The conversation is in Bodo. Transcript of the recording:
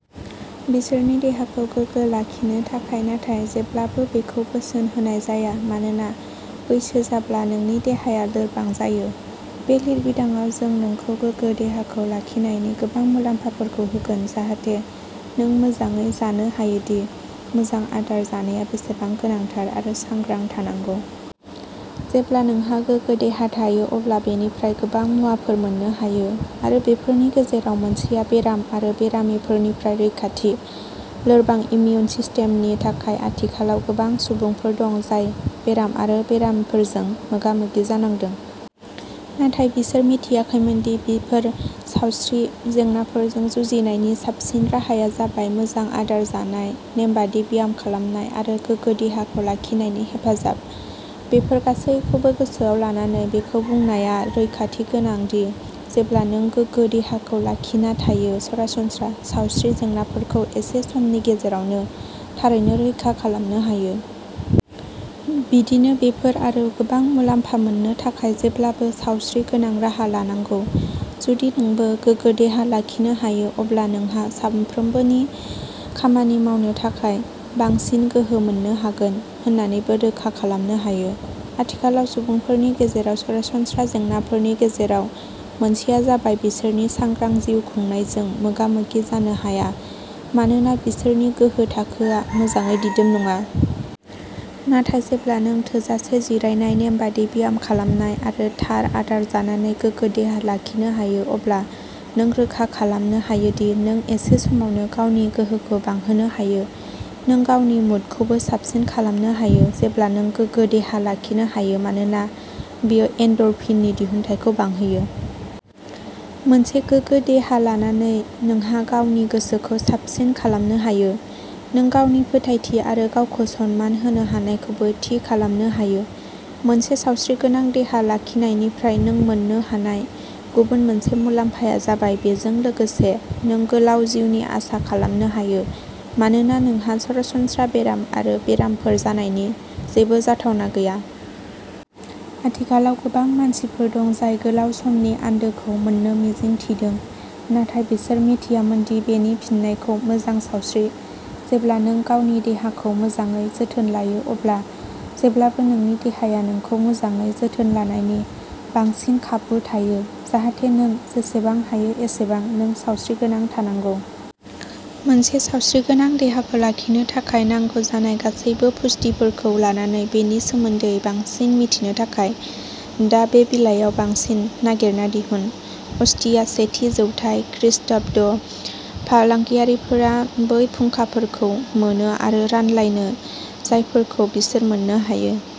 बिसोरनि देहाखौ गोगो लाखिनो थाखाय। नाथाय जेब्लाबो बेखौ बोसोन होनाय जाया मानोना बैसो जाब्ला नोंनि देहाया लोरबां जायो। बे लिरबिदांआव जों नोंखौ गोगो देहाखौ लाखिनायनि गोबां मुलाम्फाफोरखौ होगोन जाहाथे नों मोजाङै जानो हायोदि मोजां आदार जानाया बेसेबां गोनांथार आरो सांग्रां थानांगौ। जेब्ला नोंहा गोगो देहा थायो अब्ला बेनिफ्राय गोबां मुवाफोर मोननो हायो आरो बेफोरनि गेजेराव मोनसेआ बेराम आरो बेरामफोरनिफ्राय रैखाथि। लोरबां इमिउन सिस्टेमनि थाखाय आथिखालाव गोबां सुबुंफोर दं जाय बेराम आरो बेरामफोरजों मोगा-मोगि जानांदों। नाथाय बिसोर मिथियाखैमोनदि बेफोर सावस्रि जेंनाफोरजों जुजिनायनि साबसिन राहाया जाबाय मोजां आदार जानाय नेमबादि ब्याम खालामनाय आरो गोगो देहाखौ लाखिनायनि हेफाजाब। बेफोर गासैबोखौ गोसोआव लानानै बेखौ बुंनाया रैखाथि गोनांदि जेब्ला नों गोगो देहाखौ लाखिना थायो सरासनस्रा सावस्रि जेंनाफोरखौ एसे समनि गेजेरावनो थारैनो रैखा खालामनो हायो। बिदिनो बेफोर आरो गोबां मुलाम्फा मोननो थाखाय जेब्लाबो सावस्रि गोनां राहा लानांगौ। जुदि नोंबो गोगो देहा लाखिनो हायो अब्ला नोंहा सानफ्रोमबोनि खामानि मावनो थाखाय बांसिन गोहो मोन्नो हागोन होननानैबो रोखा खालामनो हायो। आथिखालाव सुबुंफोरनि गेजेराव सरासनस्रा जेंनाफोरनि गेजेराव मोनसेआ जाबाय बिसोर सांग्रां जिउ खुंनायजों मोगा-मोगि जानो हाया मानोना बिसोरनि गोहो थाखोआ मोजाङै दिदोम नङा। नाथाय जेब्ला नों थोजासे जिरायनाय नेमबादि ब्याम खालामनाय आरो थार आदार जानानै गोगो देहा लाखिनो हायो अब्ला नों रोखा खालामनो हायोदि नों एसे समावनो गावनि गोहोखौ बांहोनो हायो। नों गावनि मुडखौबो साबसिन खालामनो हायो जेब्ला नों गोगो देहा लाखिनो हायो मानोना बेयो एन्ड'रफिननि दिहुनथायखौ बांहोयो। मोनसे गोगो देहा लानानै नोंहा गावनि गोसोखौ साबसिन खालामनो हायो। नों गावनि फोथायथि आरो गावखौ सनमान होनो हानायखौबो थि खालामनो हायो। मोनसे सावस्रिगोनां देहा लाखिनायनिफ्राय नों मोननो हानाय गुबुन मोनसे मुलाम्फाया जाबाय बेजों लोगोसे नों गोलाव जिउनि आसा खालामनो हायो मानोना नोंहा सरासनस्रा बेराम आरो बेरामफोर जानायनि जेबो जाथावना गैया। आथिखालाव गोबां मानसिफोर दं जाय गोलाव समनि आन्दोखौ मोन्नो मिजिं थिदों नाथाय बिसोर मिथियामोनदि बेनि फिननायखौ मोजां सावस्रि। जेब्ला नों गावनि देहाखौ मोजाङै जोथोन लायो अब्ला जेब्लाबो नोंनि देहाया नोंखौ मोजाङै जोथोन लानायनि बांसिन खाबु थायो जाहाथे नों जेसेबां हायो एसेबां नों सावस्रिगोनां थानांगौ। मोनसे सावस्रिगोनां देहाखौ लाखिनो थाखाय नांगौ जानाय गासैबो पुष्टिफोरखौ लानानै बेनि सोमोन्दै बांसिन मिथिनो थाखाय दा बे बिलाइयाव बांसिन नागिरना दिहुन। अस्टिया सेथि जौथाय खृष्टाब्द फालांगियारिफोरा बै फुंखाफोरखौ मोनो आरो रानलायो जायफोरखौ बिसोर मोननो हायो।